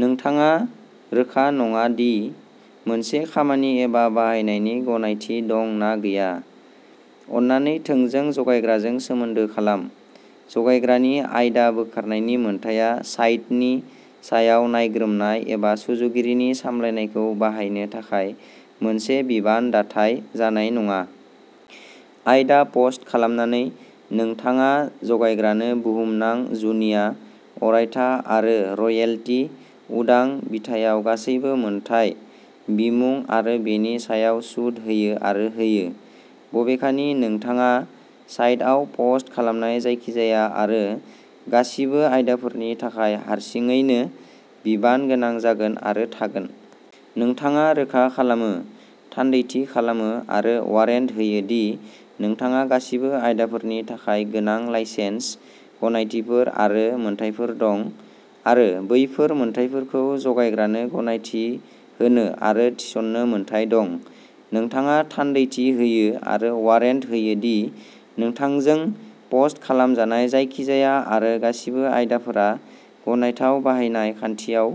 नोंथाङा रोखा नङा दि मोनसे खामानि एबा बाहायनायनि गनायथि दं ना गैया, अन्नानै थोंजों जगायग्राजों सोमोन्दो खालाम। जगायग्रानि आयदा बोखारनायनि मोन्थाइआ साइटनि सायाव नायग्रोमनाय एबा सुजुगिरिनि सामलायनायखौ बाहायनो थाखाय मोनसे बिबान दाथाय जानाय नङा। आयदा पस्ट खालामनानै, नोंथाङा जगायग्रानो बुहुमनां, जुनिया, अरायथा आरो रयेल्टी उदां बिथायाव गासैबो मोनथाय, बिमुं आरो बेनि सायाव सुद होयो आरो होयो। बबेखानि, नोंथाङा साइटआव पस्ट खालामनाय जायखिजाया आरो गासिबो आयदाफोरनि थाखाय हारसिङैनो बिबान गोनां जागोन आरो थागोन। नोंथाङा रोखा खालामो, थान्दैथि खालामो आरो वारेन्ट होयो दि नोंथाङा गासिबो आयदाफोरनि थाखाय गोनां लाइसेन्स, गनायथिफोर आरो मोनथायफोर दं आरो बैफोर मोनथायफोरखौ जगायग्रानो गनायथि होनो आरो थिसन्नो मोन्थाइ दं। नोंथाङा थान्दैथि होयो आरो वारेन्ट होयो दि नोंथांजों पस्ट खालामजानाय जायखिजाया आरो गासिबो आयदाफोरा गनायथाव बाहायनाय खान्थियाव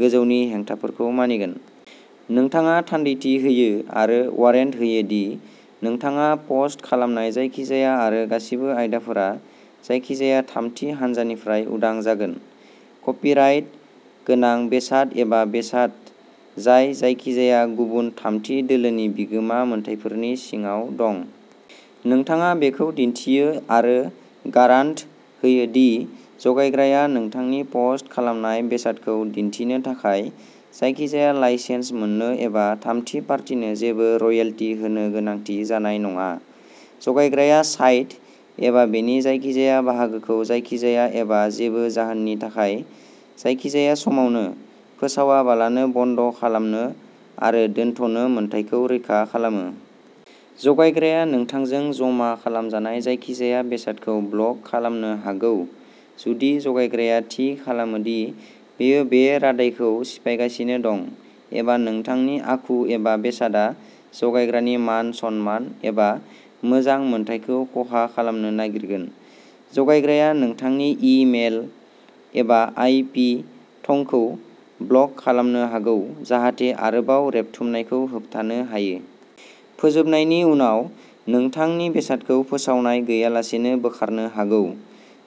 गोजौनि हेंथाफोरखौ मानिगोन। नोंथाङा थान्दैथि होयो आरो वारेन्ट होयो दि नोंथाङा पस्ट खालामनाय जायखिजाया आरो गासिबो आयदाफोरा जायखिजाया थामथि हानजानिफ्राय उदां जागोन। कपिराइट गोनां बेसाद एबा बेसाद जाय जायखिजाया गुबुन थामथि दोलोनि बिगोमा मोनथायफोरनि सिङाव दं। नोंथाङा बेखौ दिन्थियो आरो गारान्ट होयो दि जगायग्राया नोंथांनि पस्ट खालामनाय बेसादखौ दिन्थिनो थाखाय जायखिजाया लाइसेन्स मोननो एबा थामथि पार्टिनो जेबो रयेल्टी होनो गोनांथि जानाय नङा। जगायग्राया साइट, एबा बेनि जायखिजाया बाहागोखौ जायखिजाया एबा जेबो जाहोननि थाखाय, जायखिजाया समावनो, फोसावालाबानो बन्द खालामनो आरो दोनथ'नो मोन्थाइखौ रैखा खालामो। जगायग्राया नोंथांजों जमा खालामजानाय जायखिजाया बेसादखौ ब्लक खालामनो हागौ जुदि जगायग्राया थि खालामो दि बेयो बे रादायखौ सिफायगासिनो दं एबा नोंथांनि आखु एबा बेसादआ जगायग्रानि मान-सन्मान एबा मोजां मोनथायखौ खहा खालामनो नागिरगोन। जगायग्राया नोंथांनि इ मेल एबा आइ पि थंखौ ब्लक खालामनो हागौ जाहाथे आरोबाव रेबथुमनायखौ होबथानो हायो। फोजोबनायनि उनाव, नोंथांनि बेसादखौ फोसावनाय गैयालासेनो बोखारनो हागौ।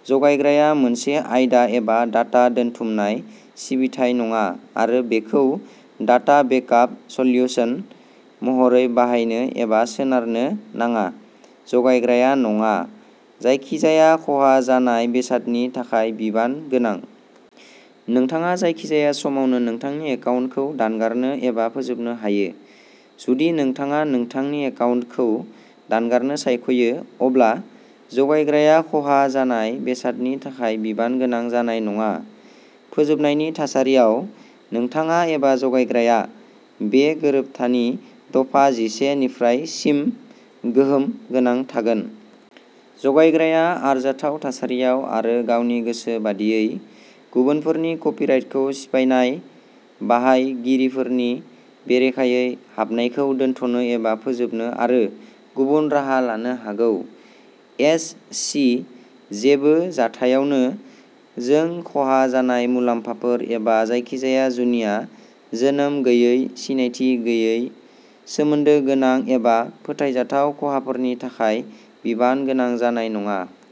जगायग्राया मोनसे आयदा एबा डाटा दोनथुमनाय सिबिथाइ नङा आरो बेखौ डाटा बेकआप सल्युशन महरै बाहायनो एबा सोनारनो नाङा। जगायग्राया नङा। जायखिजाया खहा जानाय बेसादनि थाखाय बिबान गोनां। नोंथाङा जायखिजाया समावनो नोंथांनि एकाउन्टखौ दानगारनो एबा फोजोबनो हायो। जुदि नोंथाङा नोंथांनि एकाउन्टखौ दानगारनो सायख'यो, अब्ला जगायग्राया खहा जानाय बेसादनि थाखाय बिबान गोनां जानाय नङा। फोजोबनायनि थासारियाव, नोंथाङा एबा जगायग्राया, बे गोरोबथानि दफा जिसे निफ्राय सिम गोहोम गोनां थागोन। जगायग्राया, आरजाथाव थासारियाव आरो गावनि गोसो बादियै, गुबुनफोरनि कपिराइटखौ सिफायनाय बाहायगिरिफोरनि बेरेखायै हाबनायखौ दोनथ'नो एबा फोजोबनो आरो गुबुन राहा लानो हागौ। एस सि जेबो जाथायावबो जों खहा जानाय मुलाम्फाफोर एबा जायखिजाया जुनिया, जोनोम गैयै, सिनायथि गैयै, सोमोन्दो गोनां एबा फोथायजाथाव खहाफोरनि थाखाय बिबान गोनां जानाय नङा।